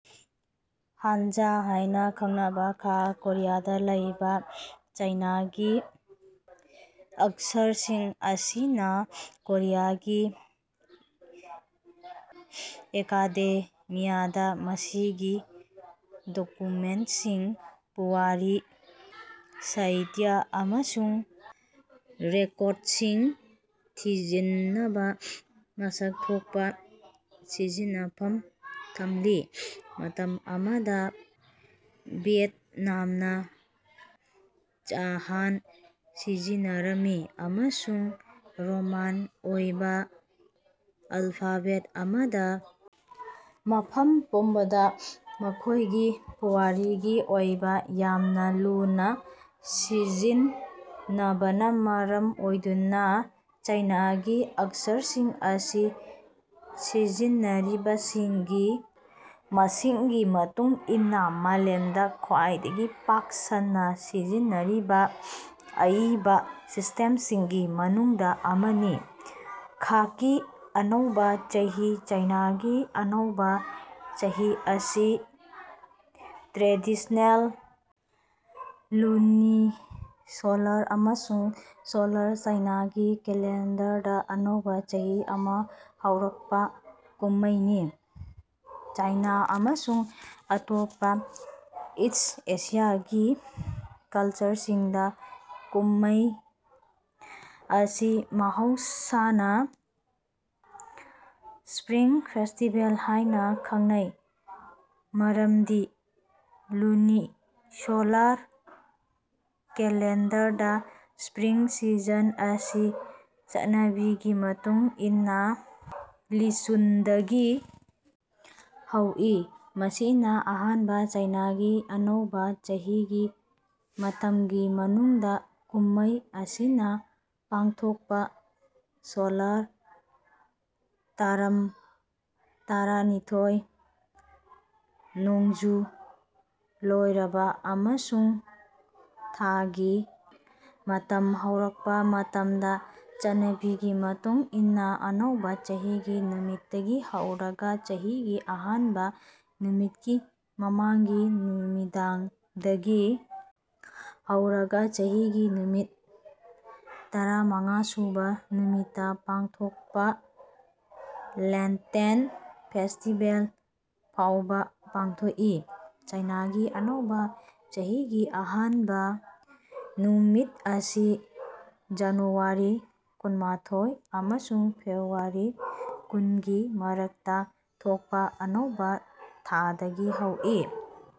Hanja ꯍꯥꯏꯅꯥ ꯈꯪꯅꯕꯥ ꯈꯥ ꯀꯣꯔꯤꯌꯥꯗꯥ ꯂꯩꯕꯥ ꯆꯥꯏꯅꯥꯒꯤ ꯑꯛꯁꯔꯁꯤꯡ ꯑꯁꯤꯅꯥ ꯀꯣꯔꯤꯌꯥꯒꯤ ꯑꯦꯀꯥꯗꯦꯃꯤꯌꯥꯗꯥ ꯃꯁꯤꯒꯤ ꯗꯣꯀꯨꯃꯦꯟꯠꯁꯤꯡ ꯄꯨꯋꯥꯔꯤ ꯁꯥꯍꯤꯇ꯭ꯌ ꯑꯃꯁꯨꯡ ꯔꯦꯀꯣꯔꯗꯁꯤꯡ ꯊꯤꯖꯤꯟꯅꯕꯥ ꯃꯁꯛ ꯊꯣꯛꯄꯥ ꯁꯤꯖꯤꯟꯅꯐꯝ ꯊꯝꯂꯤ꯫ ꯃꯇꯝ ꯑꯃꯗꯥ ꯚꯤꯌꯦꯠꯅꯥꯝꯅꯥ ꯆ ꯍꯥꯟ ꯁꯤꯖꯤꯟꯅꯔꯝꯃꯤ ꯑꯃꯁꯨꯡ ꯔꯣꯃꯥꯟ ꯑꯣꯏꯕꯥ ꯑꯜꯐꯥꯕꯦꯠ ꯑꯃꯗꯥ ꯃꯐꯝ ꯄꯨꯝꯕꯗꯥ ꯃꯈꯣꯏꯒꯤ ꯄꯨꯋꯥꯔꯤꯒꯤ ꯑꯣꯏꯕꯥ ꯌꯥꯝꯅꯥ ꯂꯨꯅꯥ ꯁꯤꯖꯤꯟꯅꯕꯅꯥ ꯃꯔꯝ ꯑꯣꯏꯗꯨꯅꯥ ꯆꯥꯏꯅꯥꯒꯤ ꯑꯛꯁꯔꯁꯤꯡ ꯑꯁꯤ ꯁꯤꯖꯤꯟꯅꯔꯤꯕꯁꯤꯡꯒꯤ ꯃꯁꯤꯡꯒꯤ ꯃꯇꯨꯡ ꯏꯟꯅꯥ ꯃꯥꯂꯦꯝꯗꯥ ꯈ꯭ꯋꯥꯏꯗꯒꯤ ꯄꯥꯛ ꯁꯟꯅꯥ ꯁꯤꯖꯤꯟꯅꯔꯤꯕꯥ ꯑꯏꯕꯥ ꯁꯤꯁ꯭ꯇꯦꯝꯁꯤꯡꯒꯤ ꯃꯅꯨꯡꯗꯥ ꯑꯃꯅꯤ꯫ ꯈꯥꯀꯤ ꯑꯅꯧꯕ ꯆꯍꯤ ꯆꯥꯏꯅꯥꯒꯤ ꯑꯅꯧꯕꯥ ꯆꯍꯤꯑꯁꯤ ꯇ꯭ꯔꯦꯗꯤꯁ꯭ꯅꯦꯜ ꯂꯨꯅꯤꯁꯣꯂꯔ ꯑꯃꯁꯨꯡ ꯁꯣꯂꯔ ꯆꯥꯏꯅꯥꯒꯤ ꯀꯦꯂꯦꯟꯗꯔꯗꯥ ꯑꯅꯧꯕ ꯆꯍꯤ ꯑꯃꯥ ꯍꯧꯔꯛꯄ ꯀꯨꯝꯃꯩꯅꯤ꯫ ꯆꯥꯏꯅ ꯑꯃꯁꯨꯡ ꯑꯇꯣꯞꯄꯥ ꯏꯁ꯭ꯠ ꯑꯦꯁꯤꯌꯥꯒꯤ ꯀꯂꯆꯔꯁꯤꯡꯗꯥ ꯀꯨꯝꯃꯩ ꯑꯁꯤ ꯃꯍꯧꯁꯥꯅ ꯁ꯭ꯄꯔꯤꯡ ꯐꯦꯁꯇꯤꯕꯦꯜ ꯍꯥꯏꯅꯥ ꯈꯪꯅꯩ ꯃꯔꯝꯗꯤ ꯂꯨꯅꯤꯁꯣꯂꯥꯔ ꯀꯦꯂꯦꯟꯗꯔꯗꯥ ꯁ꯭ꯄꯔꯤꯡ ꯁꯤꯖꯟ ꯑꯁꯤ ꯆꯠꯅꯕꯤꯒꯤ ꯃꯇꯨꯡ ꯏꯟꯅꯥ ꯂꯤꯆꯨꯟꯗꯒꯤ ꯍꯧꯏ ꯃꯁꯤꯅꯥ ꯑꯍꯥꯟꯕ ꯆꯥꯏꯅꯥꯒꯤ ꯑꯅꯧꯕ ꯆꯍꯤꯒꯤ ꯃꯇꯝꯒꯤ ꯃꯅꯨꯡꯗꯥ ꯀꯨꯝꯃꯩ ꯑꯁꯤꯅꯥ ꯄꯥꯡꯊꯣꯛꯄꯥ ꯁꯣꯂꯥꯔ ꯇꯔꯝ ꯇꯔꯥꯅꯤꯊꯣꯏ꯫ ꯅꯣꯡꯖꯨ ꯂꯣꯏꯔꯕꯥ ꯑꯃꯁꯨꯡ ꯊꯥꯒꯤ ꯃꯇꯝ ꯍꯧꯔꯛꯄꯥ ꯃꯇꯝꯗꯥ ꯆꯠꯅꯕꯤꯒꯤ ꯃꯇꯨꯡ ꯏꯟꯅꯥ ꯑꯅꯧꯕ ꯆꯍꯤꯒꯤ ꯅꯨꯃꯤꯠꯇꯒꯤ ꯍꯧꯔꯒꯥ ꯆꯍꯤꯒꯤ ꯑꯍꯥꯟꯕꯥ ꯅꯨꯃꯤꯠꯀꯤ ꯃꯃꯥꯡꯒꯤ ꯅꯨꯃꯤꯗꯥꯡꯗꯒꯤ ꯍꯧꯔꯒꯥ ꯆꯍꯤꯒꯤ ꯅꯨꯃꯤꯠ ꯇꯔꯥꯃꯉꯥꯁꯨꯕ ꯅꯨꯃꯤꯠꯇꯥ ꯄꯥꯡꯊꯣꯛꯄꯥ ꯂꯦꯟꯇꯦꯟ ꯐꯦꯁꯇꯤꯕꯦꯜ ꯐꯥꯎꯕ ꯄꯥꯡꯊꯣꯛꯏ꯫ ꯆꯥꯏꯅꯥꯒꯤ ꯑꯅꯧꯕꯥ ꯆꯍꯤꯒꯤ ꯑꯍꯥꯟꯕ ꯅꯨꯃꯤꯠ ꯑꯁꯤ ꯖꯅꯨꯋꯥꯔꯤ ꯀꯨꯟꯃꯥꯊꯣꯏ ꯑꯃꯁꯨꯡ ꯐꯦꯕ꯭ꯔꯨꯋꯥꯔꯤ ꯀꯨꯟꯒꯤ ꯃꯔꯛꯇꯥ ꯊꯣꯛꯄꯥ ꯑꯅꯧꯕ ꯊꯥꯗꯒꯤ ꯍꯧꯏ꯫